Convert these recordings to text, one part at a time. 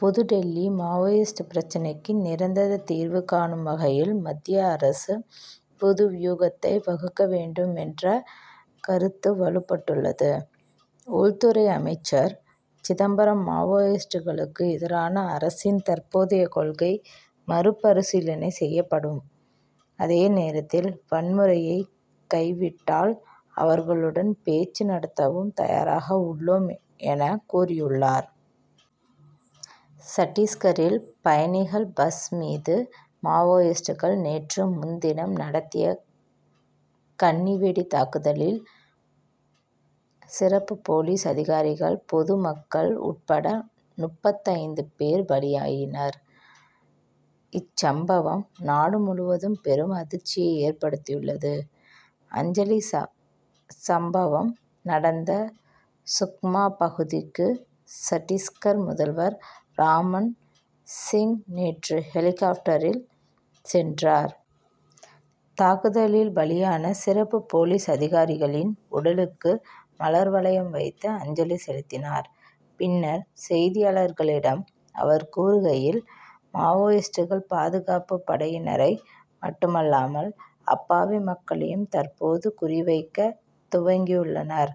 புதுடில்லி Maoist பிரச்னைக்கு நிரந்தர தீர்வு காணும் வகையில் மத்திய அரசு புது வியூகத்தை வகுக்க வேண்டும் என்ற கருத்து வலுப்பட்டுள்ளது. உள்துறை அமைச்சர் சிதம்பரம் மாவோயிஸ்டுகளுக்கு எதிரான அரசின் தற்போதைய கொள்கை மறு பரிசீலனை செய்யப்படும். அதே நேரத்தில் வன்முறையை கைவிட்டால் அவர்களுடன் பேச்சு நடத்தவும் தயாராக உள்ளோம் என கூறியுள்ளார். சத்திஸ்கரில் பயணிகள் பஸ் மீது மாவோயிஸ்டுகள் நேற்று முன்தினம் நடத்திய கண்ணி வெடி தாக்குதலில் சிறப்பு போலீஸ் அதிகாரிகள் பொது மக்கள் உட்பட முப்பத்தைந்து பேர் பலியாயினர். இச்சம்பவம் நாடு முழுவதும் பெரும் அதிர்ச்சியை ஏற்படுத்தியுள்ளது. அஞ்சலி சம்பவம் நடந்த சுக்மா பகுதிக்கு சத்திஸ்கர் முதல்வர் ராமன் சிங் நேற்று ஹெலிகாப்டரில் சென்றார். தாக்குதலில் பலியான சிறப்பு போலீஸ் அதிகாரிகளின் உடல்களுக்கு மலர் வளையம் வைத்து அஞ்சலி செலுத்தினார். பின்னர் செய்தியாளர்களிடம் அவர் கூறுகையில் மாவோயிஸ்டுகள் பாதுகாப்பு படையினரை மட்டுமல்லாமல் அப்பாவி மக்களையும் தற்போது குறி வைக்க துவங்கியுள்ளனர்.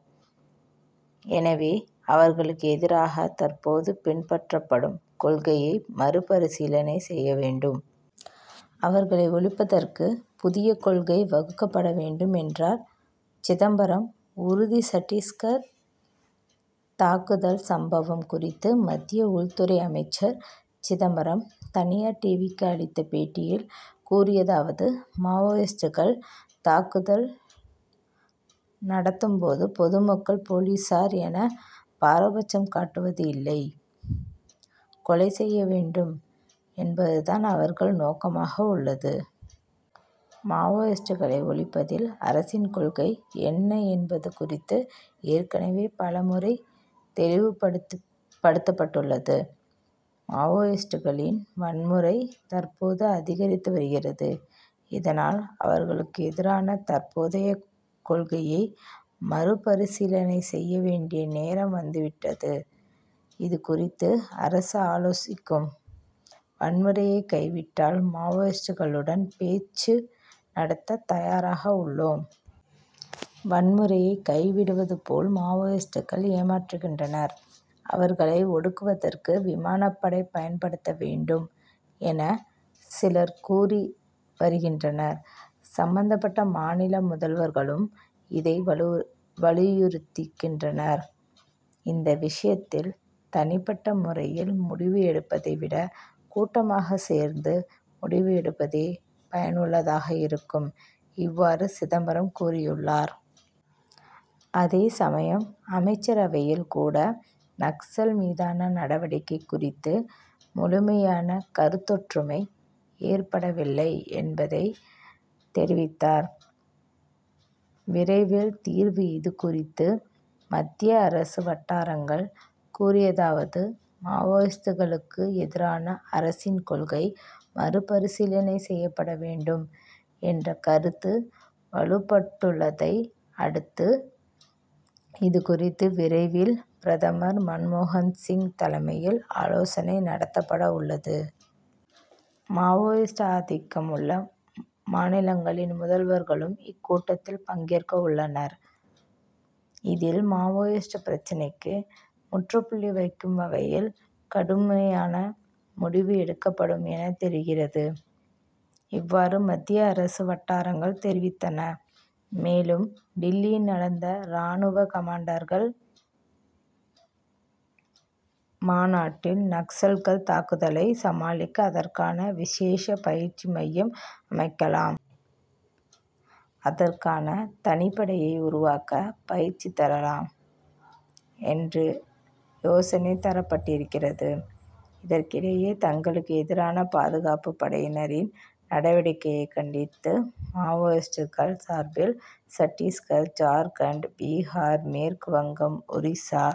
எனவே அவர்களுக்கு எதிராக தற்போது பின்பற்றப்படும் கொள்கையை மறுபரிசீலனை செய்ய வேண்டும். அவர்களை ஒழிப்பதற்கு புதிய கொள்கை வகுக்கப்பட வேண்டும் என்றார். சிதம்பரம் உறுதி சத்திஸ்கர் தாக்குதல் சம்பவம் குறித்து மத்திய உள்துறை அமைச்சர் சிதம்பரம் தனியார் டிவிக்கு அளித்த பேட்டியில் கூறியதாவது மாவோயிஸ்டுகள் தாக்குதல் நடத்தும்போது பொதுமக்கள் போலீசார் என பாரபட்சம் காட்டுவது இல்லை. கொலை செய்ய வேண்டும் என்பது தான் அவர்கள் நோக்கமாக உள்ளது. மாவோயிஸ்டுகளை ஒழிப்பதில் அரசின் கொள்கை என்ன என்பது குறித்து ஏற்கனவே பல முறை தெளிவுபடுத்தப்பட்டுள்ளது. மாவோயிஸ்டுகளின் வன்முறை தற்போது அதிகரித்து வருகிறது. இதனால் அவர்களுக்கு எதிரான தற்போதைய கொள்கையை மறு பரிசீலனை செய்ய வேண்டிய நேரம் வந்து விட்டது. இதுகுறித்து அரசு ஆலோசிக்கும். வன்முறையை கைவிட்டால் மாவோயிஸ்டுகளுடன் பேச்சு நடத்த தயாராக உள்ளோம். வன்முறையை கைவிடுவது போல் மாவோயிஸ்டுகள் ஏமாற்றுகின்றனர். அவர்களை ஒடுக்குவதற்கு விமானப்படை பயன்படுத்த வேண்டும் என சிலர் கூறி வருகின்றனர். சம்பந்தப்பட்ட மாநில முதல்வர்களும் இதை வலியுறுத்துகின்றனர். இந்த விஷயத்தில் தனிப்பட்ட முறையில் முடிவு எடுப்பதை விட கூட்டாக சேர்ந்து முடிவு எடுப்பதே பயனுள்ளதாக இருக்கும். இவ்வாறு சிதம்பரம் கூறியுள்ளார். அதே சமயம் அமைச்சரவையில் கூட நக்சல் மீதான நடவடிக்கை குறித்து முழுமையான கருத்தொற்றுமை ஏற்படவில்லை என்பதைத் தெரிவித்தார். விரைவில் தீர்வு இதுகுறித்து மத்திய அரசு வட்டாரங்கள் கூறியதாவது மாவோயிஸ்டுகளுக்கு எதிரான அரசின் கொள்கை மறு பரிசீலனை செய்யப்பட வேண்டும் என்ற கருத்து வலுப்பட்டுள்ளதை அடுத்து இதுகுறித்து விரைவில் பிரதமர் மன்மோகன் சிங் தலைமையில் ஆலோசனை நடத்தப்பட உள்ளது. மாவோயிஸ்ட் ஆதிக்கம் உள்ள மாநிலங்களின் முதல்வர்களும் இக்கூட்டத்தில் பங்கேற்கவுள்ளனர். இதில் மாவோயிஸ்ட் பிரச்னைக்கு முற்றுப்புள்ளி வைக்கும் வகையில் கடுமையான முடிவு எடுக்கப்படும் என தெரிகிறது. இவ்வாறு மத்திய அரசு வட்டாரங்கள் தெரிவித்தன. மேலும் டில்லியில் நடந்த ராணுவ கமாண்டர்கள் மாநாட்டில் நக்சல்கள் தாக்குதலை சமாளிக்க அதற்கான விசேஷ பயிற்சி மையம் அமைக்கலாம். அதற்கான தனிப்படையை உருவாக்க பயிற்சி தரலாம் என்று யோசனை தரப்பட்டிருக்கிறது. இதற்கிடையே தங்களுக்கு எதிரான பாதுகாப்பு படையினரின் நடவடிக்கையை கண்டித்து மாவோயிஸ்டுகள் சார்பில் சத்திஸ்கர் ஜார்க்கண்ட் பீகார் மேற்கு வங்கம் ஒரிசா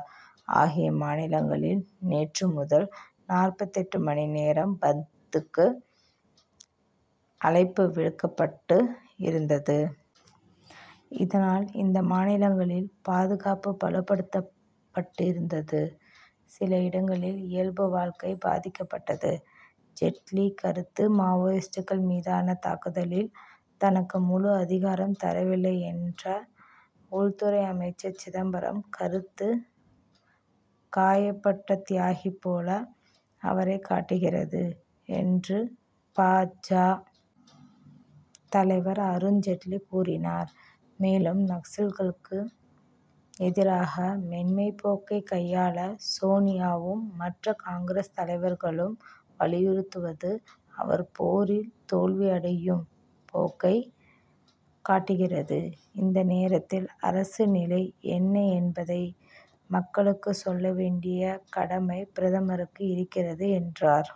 ஆகிய மாநிலங்களில் நேற்று முதல் நாற்பத்தெட்டு மணி நேர பந்த்துக்கு அழைப்பு விடுக்கப்பட்டு இருந்தது. இதனால் இந்த மாநிலங்களில் பாதுகாப்பு பலப்படுத்தப்பட்டு இருந்தது. சில இடங்களில் இயல்பு வாழ்க்கை பாதிக்கப்பட்டது. ஜெட்லி கருத்து மாவோயிஸ்டுகள் மீதான தாக்குதலில் தனக்கு முழு அதிகாரம் தரவில்லை என்ற உள்துறை அமைச்சர் சிதம்பரம் கருத்து காயம்பட்ட தியாகி போல அவரைக் காட்டுகிறது என்று பா. ஜ. தலைவர் அருண் ஜெட்லி கூறினார். மேலும் நக்சல்களுக்கு எதிராக மென்மைப் போக்கை கையாள சோனியாவும் மற்ற காங்கிரஸ் தலைவர்களும் வலியுறுத்துவது அவர் இப்போரில் தோல்வியடையும் போக்கை காட்டுகிறது. இந்த நேரத்தில் அரசு நிலை என்ன என்பதை மக்களுக்கு சொல்ல வேண்டிய கடமை பிரதமருக்கு இருக்கிறது என்றார்.